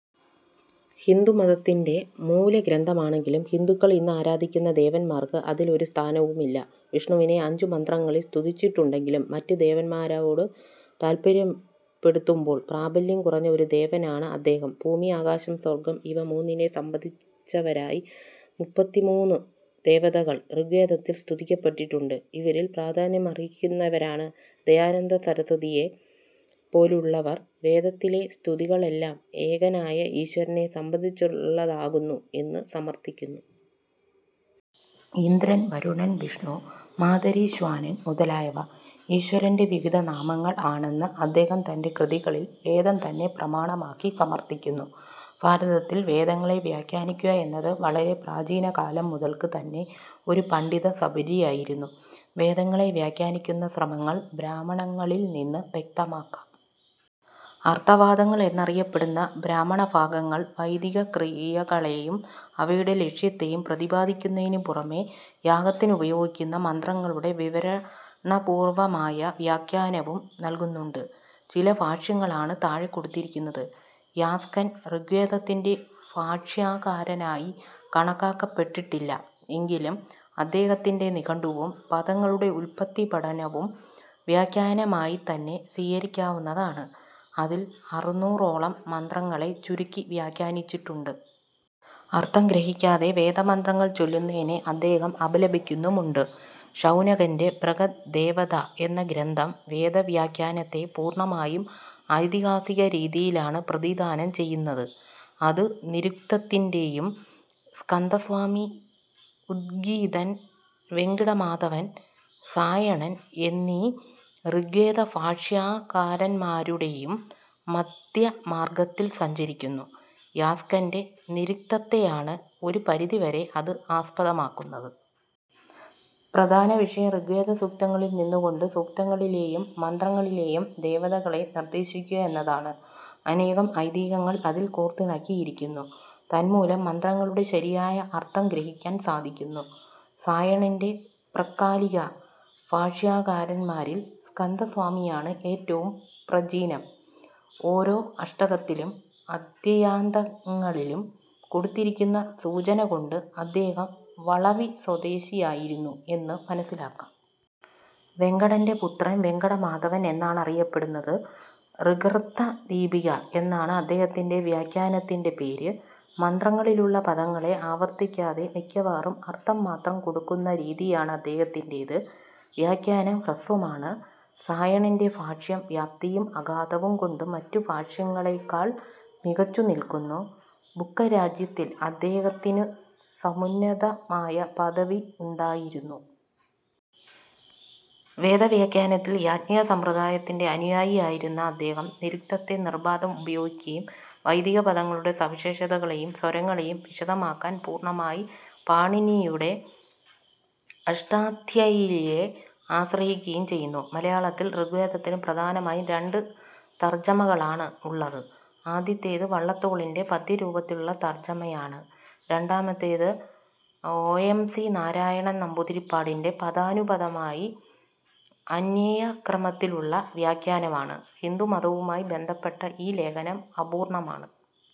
ഹിന്ദുമതത്തിൻ്റെ മൂലഗ്രന്ഥമാണെങ്കിലും ഹിന്ദുക്കൾ ഇന്ന് ആരാധിക്കുന്ന ദേവന്മാർക്ക് അതിൽ ഒരു സ്ഥാനവുമില്ല. വിഷ്ണുവിനെ അഞ്ചു മന്ത്രങ്ങളിൽ സ്തുതിച്ചിട്ടുണ്ടെങ്കിലും മറ്റ് ദേവൻമാരോടു താല്പര്യപ്പെടുത്തുമ്പോൾ പ്രാബല്യം കുറഞ്ഞ ഒരു ദേവനാണ് അദ്ദേഹം. ഭൂമി, ആകാശം, സ്വർഗം ഇവ മൂന്നിനെ സംബന്ധിച്ചവരായി മുപ്പത്തിമൂന്ന് ദേവതകൾ ഋഗ്വേദത്തിൽ സ്തുതിക്കപ്പെട്ടിട്ടുണ്ട്. ഇവരിൽ പ്രാധാന്യമർഹിക്കുന്നവരാണ് ദയാനന്ദ സരസ്വതിയെ പോലുള്ളവർ വേദത്തിലെ സ്തുതികളെല്ലാം ഏകനായ ഈശ്വരനെ സംബന്ധിച്ചുള്ളതാകുന്നു എന്നു സമർത്ഥിക്കുന്നു. ഇന്ദ്രൻ, വരുണൻ, വിഷ്ണു, മാതരിശ്വാനൻ മുതലായവ ഈശ്വരൻ്റെ വിവിധ നാമങ്ങൾ ആണെന്ന് അദ്ദേഹം തൻ്റെ കൃതികളിൽ വേദം തന്നെ പ്രമാണമാക്കി സമർത്ഥിക്കുന്നു. ഭാരതത്തിൽ വേദങ്ങളെ വ്യാഖ്യാനിക്കുക എന്നത് വളരെ പ്രാചീന കാലം മുതൽക്ക് തന്നെ ഒരു പണ്ഡിത സപര്യയായിരുന്നു. വേദങ്ങളെ വ്യാഖ്യാനിക്കുന്ന ശ്രമങ്ങൾ ബ്രാഹ്മണങ്ങളിൽ നിന്ന് വ്യക്തമാക്കാം. അർത്തവാദങ്ങൾ എന്നറിയപ്പെടുന്ന ബ്രാഹ്മണഭാഗങ്ങൾ വൈദികക്രിയകളേയും അവയുടെ ലക്ഷ്യത്തേയും പ്രതിപാദിക്കുന്നതിനു പുറമേ യാഗത്തിനുപയോഗിക്കുന്ന മന്ത്രങ്ങളുടെ വിവരണപൂർവ്വമായ വ്യാഖ്യാനവും നൽകുന്നുണ്ട്. ചില ഭാഷ്യങ്ങളാണ് താഴെ കൊടുത്തിരിക്കുന്നത്. യാസ്കൻ ഋഗ്വേദത്തിൻ്റെ ഭാഷ്യാകാരനായി കണക്കാക്കപ്പെട്ടിട്ടില്ല. എങ്കിലും അദ്ദേഹത്തിൻ്റെ നിഘണ്ടുവും പദങ്ങളുടെ ഉല്പത്തി പഠനവും വ്യാഖ്യാനമായിതന്നെ സ്വീകരിക്കാവുന്നതാണ്. അതിൽ അറുന്നൂറോളം മന്ത്രങ്ങളെ ചുരുക്കി വ്യാഖ്യാനിച്ചിട്ടുണ്ട്. അർത്ഥം ഗ്രഹിക്കാതെ വേദമന്ത്രങ്ങൾ ചൊല്ലുന്നതിനെ അദ്ദേഹം അപലപിക്കുന്നുമുണ്ട്. ശൗനകൻ്റെ ബൃഹദ് ദേവദ എന്ന ഗ്രന്ഥം വേദവ്യാഖ്യാനത്തെ പൂർണ്ണമായും ഐതിഹാസിക രീതിയിലാണ് പ്രതിനിധാനം ചെയ്യുന്നത്. അത് നിരുക്തത്തിൻ്റേയും, സ്കന്ദസ്വാമി, ഉദ്ഗീഥൻ, വെങ്കടമാധവൻ, സായണൻ എന്നീ ഋഗ്വേദഭാഷ്യാകാരന്മാരുടേയും മദ്ധ്യമാർഗ്ഗത്തിൽ സഞ്ചരിക്കുന്നു. യാസ്കൻ്റെ നിരുക്തത്തെയാണ് ഒരു പരിധിവരെ അത് ആസ്പദമാക്കുന്നത്. പ്രധാനവിഷയം ഋഗ്വേദസൂക്തങ്ങളിൽ നിന്നുകൊണ്ട് സൂക്തങ്ങളിലേയും മന്ത്രങ്ങളിലേയും ദേവതകളെ നിർദ്ദേശിക്കുക എന്നതാണ്. അനേകം ഐതിഹ്യങ്ങൾ അതിൽ കോർത്തിണക്കിയിരിക്കുന്നു. തന്മൂലം മന്ത്രങ്ങളുടെ ശരിയായ അർത്ഥം ഗ്രഹിക്കാൻ സാധിക്കുന്നു. സായണൻ്റെ പ്രക്കാലിക ഭാഷ്യാകാരന്മാരിൽ സ്കന്ദസ്വാമിയാണ് ഏറ്റവും പ്രചീനം. ഓരോ അഷ്ടകത്തിലും അദ്ധ്യായാന്തങ്ങളിലും കൊടുത്തിരിക്കുന്ന സൂചനകൊണ്ട് അദ്ദേഹം വളഭി സ്വദേശിയായിരുന്നു എന്നു മനസ്സിലാക്കാം. വെങ്കടൻ്റെ പുത്രൻ വെങ്കടമാധവൻ എന്നാണ് അറിയപ്പെടുന്നത്. ഋഗർത്ഥദീപിക എന്നാണ് അദ്ദേഹത്തിൻ്റെ വ്യാഖ്യാനത്തിൻ്റെ പേര്. മന്ത്രങ്ങളിലുള്ള പദങ്ങളെ ആവർത്തിക്കാതെ മിക്കവാറും അർത്ഥം മാത്രം കൊടുക്കുന്ന രീതിയാന് അദ്ദേഹത്തിൻ്റേത്. വ്യാഖ്യാനം ഹ്രസ്വമാണ്. സായണൻ്റെ ഭാഷ്യം വ്യാപ്തിയും അഗാധവും കൊണ്ട് മറ്റു ഭാഷ്യങ്ങളേക്കാൾ മികച്ചു നിൽകുന്നു. ബുക്കരാജ്യത്തിൽ അദ്ദേഹത്തിനു സമുന്നതമായ പദവി ഉണ്ടായിരുന്നു. വേദ വ്യാഖ്യാനത്തിൽ യാജ്ഞികസമ്പ്രദായത്തിൻ്റെ അനുയായിയായിരുന്ന അദ്ദേഹം നിരുക്തത്തെ നിർബാധം ഉപയോഗിക്കുകയും വൈദിക പദങ്ങളുടെ സവിശേഷതകളേയും സ്വരങ്ങളേയും വിശദമാക്കാൻ പൂർണ്ണമായി പാണീനിയുടെ അഷ്ടാദ്ധ്യയിയെ ആശ്രയിക്കുകയും ചെയ്യുന്നു. മലയാളത്തിൽ ഋഗ്വേദത്തിന് പ്രധാനമായും രണ്ട് തർജ്ജമകളാണ് ഉള്ളത്. ആദ്യത്തേത് വള്ളത്തോളിൻ്റെ പദ്യരൂപത്തിലുള്ള തർജ്ജമയാണ്. രണ്ടാമത്തേത് ഒ. എം. സി. നാരായണൻ നമ്പൂതിരിപ്പാടിൻ്റെ പദാനുപദമായി അന്വയക്രമത്തിലുള്ള വ്യാഖ്യാനമാണ്. ഹിന്ദുമതവുമായി ബന്ധപ്പെട്ട ഈ ലേഖനം അപൂർണ്ണമാണ്.